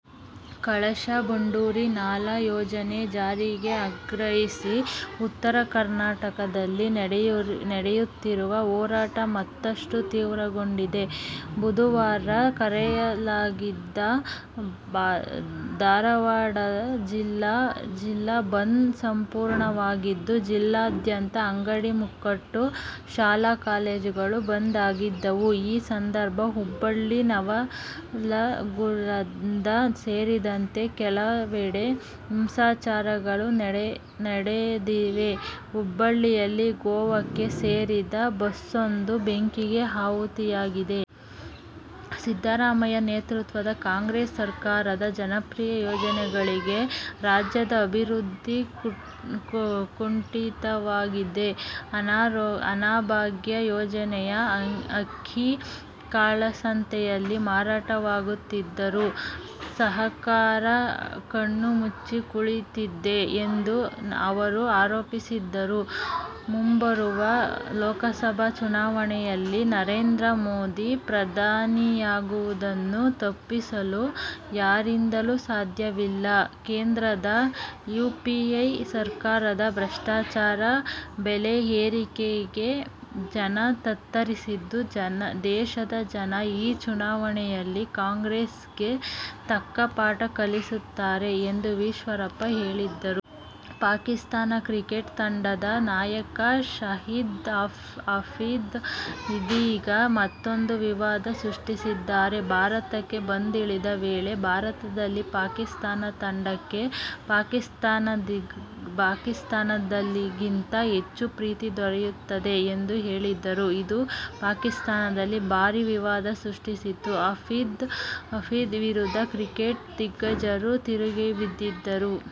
ಕಳಸಾ-ಬಂಡೂರಿ ನಾಲಾ ಯೋಜನೆ ಜಾರಿಗೆ ಆಗ್ರಹಿಸಿ ಉತ್ತರ ಕರ್ನಾಟಕದಲ್ಲಿ ನಡೆಯುತ್ತಿರುವ ಹೋರಾಟ ಮತ್ತಷ್ಟು ತೀವ್ರಗೊಂಡಿದೆ. ಬುಧವಾರ ಕರೆಯಲಾಗಿದ್ದ ಧಾರವಾಡ ಜಿಲ್ಲಾ ಬಂದ್ ಸಂಪೂರ್ಣವಾಗಿತ್ತು. ಜಿಲ್ಲಾದ್ಯಂತ ಅಂಗಡಿ-ಮುಂಗಟ್ಟು, ಶಾಲಾ-ಕಾಲೇಜುಗಳು ಬಂದ್ ಆಗಿದ್ದವು. ಈ ಸಂದರ್ಭ ಹುಬ್ಬಳ್ಳಿ, ನವಲಗುಂದ ಸೇರಿದಂತೆ ಕೆಲವೆಡೆ ಹಿಂಸಾಚಾರಗಳು ನಡೆದಿವೆ. ಹುಬ್ಬಳ್ಳಿಯಲ್ಲಿ ಗೋವಾಕ್ಕೆ ಸೇರಿದ ಬಸ್ಸೊಂದು ಬೆಂಕಿಗೆ ಆಹುತಿಯಾಗಿದೆ. ಸಿದ್ದರಾಮಯ್ಯ ನೇತೃತ್ವದ ಕಾಂಗ್ರೆಸ್ ಸರಕಾರದ ಜನಪ್ರಿಯ ಯೋಜನೆಗಳಿಂದ ರಾಜ್ಯದ ಅಭಿವೃದ್ಧಿ ಕುಂಠಿತವಾಗಿದೆ. ಅನ್ನಭಾಗ್ಯ ಯೋಜನೆಯ ಅಕ್ಕಿ ಕಾಳಸಂತೆಯಲ್ಲಿ ಮಾರಾಟವಾಗುತ್ತಿದ್ದರೂ ಸರಕಾರ ಕಣ್ಣು ಮುಚ್ಚಿ ಕುಳಿತಿದೆ ಎಂದು ಅವರು ಆರೋಪಿಸಿದರು. ಮುಂಬರುವ ಲೋಕಸಭೆ ಚುನಾವಣೆಯಲ್ಲಿ ನರೇಂದ್ರ ಮೋದಿ ಪ್ರಧಾನಿಯಾಗುವುದನ್ನು ತಪ್ಪಿಸಲು ಯಾರಿಂದಲೂ ಸಾಧ್ಯವಿಲ್ಲ. ಕೇಂದ್ರದ ಯುಪಿಎ ಸರಕಾರದ ಭ್ರಷ್ಟಾಚಾರ, ಬೆಲೆ ಏರಿಕೆಗೆ ಜನ ತತ್ತರಿಸಿದ್ದು, ದೇಶದ ಜನ ಈ ಚುನಾವಣೆಯಲ್ಲಿ ಕಾಂಗ್ರೆಸ್ಗೆ ತಕ್ಕ ಪಾಠ ಕಲಿಸುತ್ತಾರೆ ಎಂದು ಈಶ್ವರಪ್ಪ ಹೇಳಿದರು. ಪಾಕಿಸ್ತಾನ ಕ್ರಿಕೆಟ್ ತಂಡದ ನಾಯಕ ಶಾಹಿದ್ ಅಫ್ರಿದಿ ಇದೀಗ ಮತ್ತೂಂದು ವಿವಾದ ಸೃಷ್ಟಿಸಿದ್ದಾರೆ. ಭಾರತಕ್ಕೆ ಬಂದಿಳಿದ ವೇಳೆ ಭಾರತದಲ್ಲಿ ಪಾಕಿಸ್ತಾನ ತಂಡಕ್ಕೆ ಪಾಕಿಸ್ತಾನದಲ್ಲಿಗಿಂತ ಹೆಚ್ಚು ಪ್ರೀತಿ ದೊರೆಯುತ್ತಿದೆ ಎಂದು ಹೇಳಿದ್ದರು. ಇದು ಪಾಕಿಸ್ತಾನದಲ್ಲಿ ಭಾರೀ ವಿವಾದ ಸೃಷ್ಟಿಸಿತ್ತು. ಅಫ್ರಿದಿ ವಿರುದ್ಧ ಕ್ರಿಕೆಟ್ ದಿಗ್ಗಜರು ತಿರುಗಿಬಿದ್ದಿದ್ದರು.